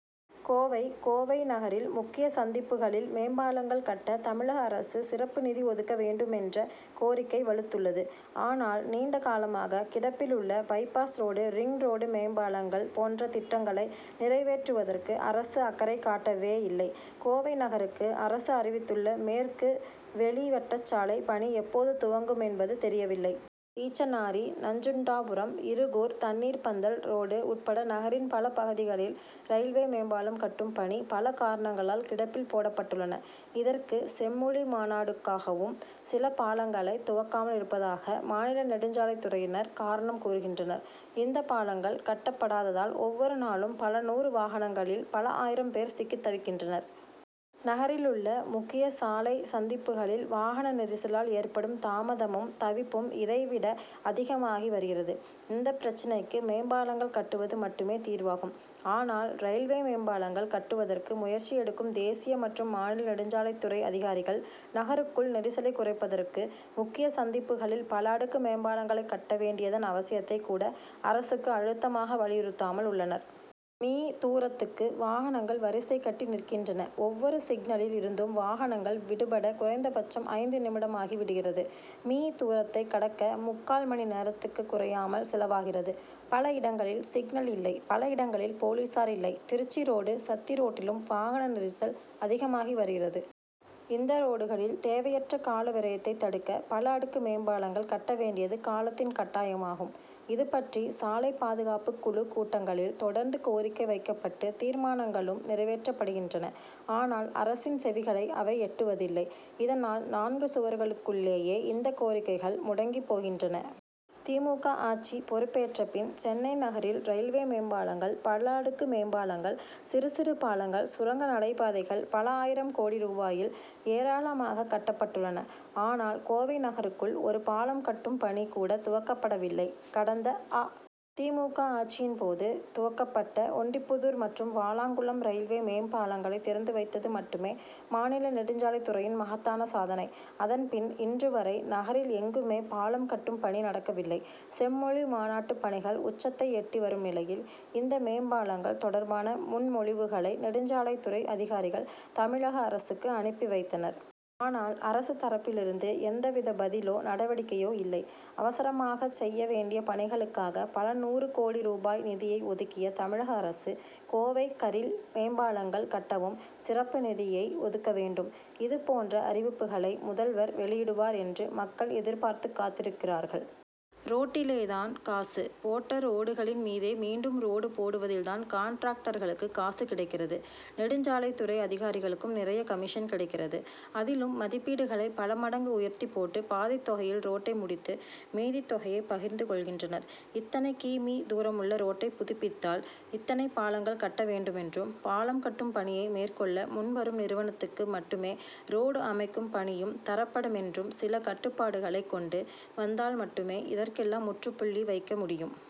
கோவை கோவை நகரில், முக்கிய சந்திப்புகளில் மேம்பாலங்கள் கட்ட, தமிழக அரசு சிறப்பு நிதி ஒதுக்க வேண்டுமென்ற கோரிக்கை வலுத்துள்ளது. ஆனால், நீண்ட காலமாக கிடப்பிலுள்ள பை-பாஸ் ரோடு, ரிங் ரோடு, மேம்பாலங்கள் போன்ற திட்டங்களை நிறைவேற்றுவதற்கு அரசு அக்கறை காட்டவேயில்லை. கோவை நகருக்கு அரசு அறிவித்துள்ள மேற்கு வெளி வட்டச்சாலை பணி எப்போது துவங்குமென்பது தெரியவில்லை. ஈச்சனாரி, நஞ்சுண்டாபுரம், இருகூர், தண்ணீர்ப்பந்தல் ரோடு உட்பட நகரின் பல பகுதிகளில், ரயில்வே மேம்பாலம் கட்டும் பணி, பல காரணங்களால் கிடப்பில் போடப் பட்டுள்ளன. இதற்கு, செம்மொழி மாநாடுக்காகவும் சில பாலங்களைத் துவக்காமல் இருப்பதாக, மாநில நெடுஞ்சாலைத்துறையினர் காரணம் கூறுகின்றனர். இந்த பாலங்கள் கட்டப்படாததால், ஒவ்வொரு நாளும் பல நூறு வாகனங்களில், பல ஆயிரம் பேர் சிக்கித் தவிக்கின்றனர். நகரிலுள்ள முக்கிய சாலை சந்திப்புகளில் வாகன நெரிசலால் ஏற்படும் தாமதமும், தவிப்பும் இதைவிட அதிகமாகி வருகிறது; இந்த பிரச்னைக்கு மேம்பாலங்கள் கட்டுவது மட்டுமே தீர்வாகும். ஆனால், ரயில்வே மேம்பாலங்கள் கட்டுவதற்கு முயற்சி எடுக்கும் தேசிய மற்றும் மாநில நெடுஞ்சாலைத் துறை அதிகாரிகள், நகருக்குள் நெரிசலைக் குறைப்பதற்கு, முக்கிய சந்திப்புகளில் பல அடுக்கு மேம்பாலங்களைக் கட்ட வேண்டியதன் அவசியத்தைக் கூட, அரசுக்கு அழுத்தமாக வலியுறுத்தாமல் உள்ளனர். மீ., தூரத்துக்கு வாகனங்கள் வரிசை கட்டி நிற்கின்றன. ஒவ்வொரு சிக்னலில் இருந்தும் வாகனங்கள் விடுபட குறைந்தபட்சம் ஐந்து நிமிடமாகி விடுகிறது. மீ., தூரத்தைக் கடக்க, முக்கால் மணி நேரத்துக்குக் குறையாமல் செலவாகிறது. பல இடங்களில் சிக்னல் இல்லை; பல இடங்களில் போலீசார் இல்லை. திருச்சி ரோடு, சத்தி ரோட்டிலும் வாகன நெரிசல் அதிகமாகி வருகிறது. இந்த ரோடுகளில் தேவையற்ற கால விரயத்தைத் தடுக்க, பல அடுக்கு மேம்பாலங்கள் கட்டவேண்டியது காலத்தின் கட்டாயமாகும். இதுபற்றி சாலை பாதுகாப்புக் குழுக் கூட்டங்களில், தொடர்ந்து கோரிக்கை வைக்கப்பட்டு, தீர்மானங்களும் நிறைவேற்றப்படுகின்றன. ஆனால், அரசின் செவிகளை அவை எட்டுவதில்லை. இதனால், நான்கு சுவர்களுக்குள் ளேயே இந்த கோரிக்கைகள் முடங்கிப் போகின்றன. தி. மு. க., ஆட்சி பொறுப்பேற்றபின், சென்னை நகரில் ரயில்வே மேம்பாலங்கள், பல அடுக்கு மேம்பாலங்கள், சிறு சிறு பாலங்கள், சுரங்க நடைபாதைகள் பல ஆயிரம் கோடி ரூபாயில் ஏராளமாகக் கட்டப்பட்டுள்ளன. ஆனால், கோவை நகருக்குள் ஒரு பாலம் கட்டும் பணி கூட துவக்கப்படவில்லை. கடந்த அ. தி. மு. க., ஆட்சியின்போது, துவக்கப்பட்ட ஒண்டிப்புதூர் மற்றும் வாலாங்குளம் ரயில்வே மேம் பாலங்களைத் திறந்து வைத்தது மட்டுமே, மாநில நெடுஞ்சாலைத்துறையின் மகத்தான சாதனை. அதன்பின், இன்று வரை நகரில் எங்குமே பாலம் கட்டும் பணி நடக்கவில்லை. செம்மொழி மாநாட்டுப் பணிகள் உச்சத்தை எட்டி வரும் நிலையில், இந்த மேம்பாலங்கள் தொடர்பான முன்மொழிவுகளை நெடுஞ்சாலைத் துறை அதிகாரிகள், தமிழக அரசுக்கு அனுப்பி வைத்தனர். ஆனால், அரசு தரப்பிலிருந்து எந்த வித பதிலோ, நடவடிக்கையோ இல்லை. அவசரமாகச் செய்ய வேண்டிய பணிகளுக்காக பல நூறு கோடி ரூபாய் நிதியை ஒதுக்கிய தமிழக அரசு, கோவை கரில் மேம்பாலங்கள் கட்டவும் சிறப்பு நிதியை ஒதுக்க வேண்டும். இது போன்ற அறிவிப்புகளை முதல்வர் வெளியிடுவார் என்று மக்கள் எதிர்பார்த்துக் காத்திருக்கிறார்கள். ரோட்டிலேதான் காசு போட்ட ரோடுகளின் மீதே மீண்டும் ரோடு போடுவதில்தான் கான்ட்ராக்டர்களுக்கு காசு கிடைக்கிறது; நெடுஞ்சாலைத்துறை அதிகாரிகளுக்கும் நிறைய கமிஷன் கிடைக்கிறது. அதிலும் மதிப்பீடுகளை பல மடங்கு உயர்த்திப் போட்டு, பாதித் தொகையில் ரோட்டை முடித்து, மீதித்தொகையை பகிர்ந்து கொள்கின்றனர். இத்தனை கி. மீ., தூரமுள்ள ரோட்டைப் புதுப்பித்தால், இத்தனை பாலங்கள் கட்ட வேண்டுமென்றும், பாலம் கட்டும் பணியை மேற்கொள்ள முன் வரும் நிறுவனத்துக்கு மட்டுமே ரோடு அமைக்கும் பணியும் தரப்படுமென்றும் சில கட்டுப்பாடுகளைக் கொண்டு வந்தால் மட்டுமே இதற்கெல்லாம் முற்றுப்புள்ளி வைக்க முடியும்.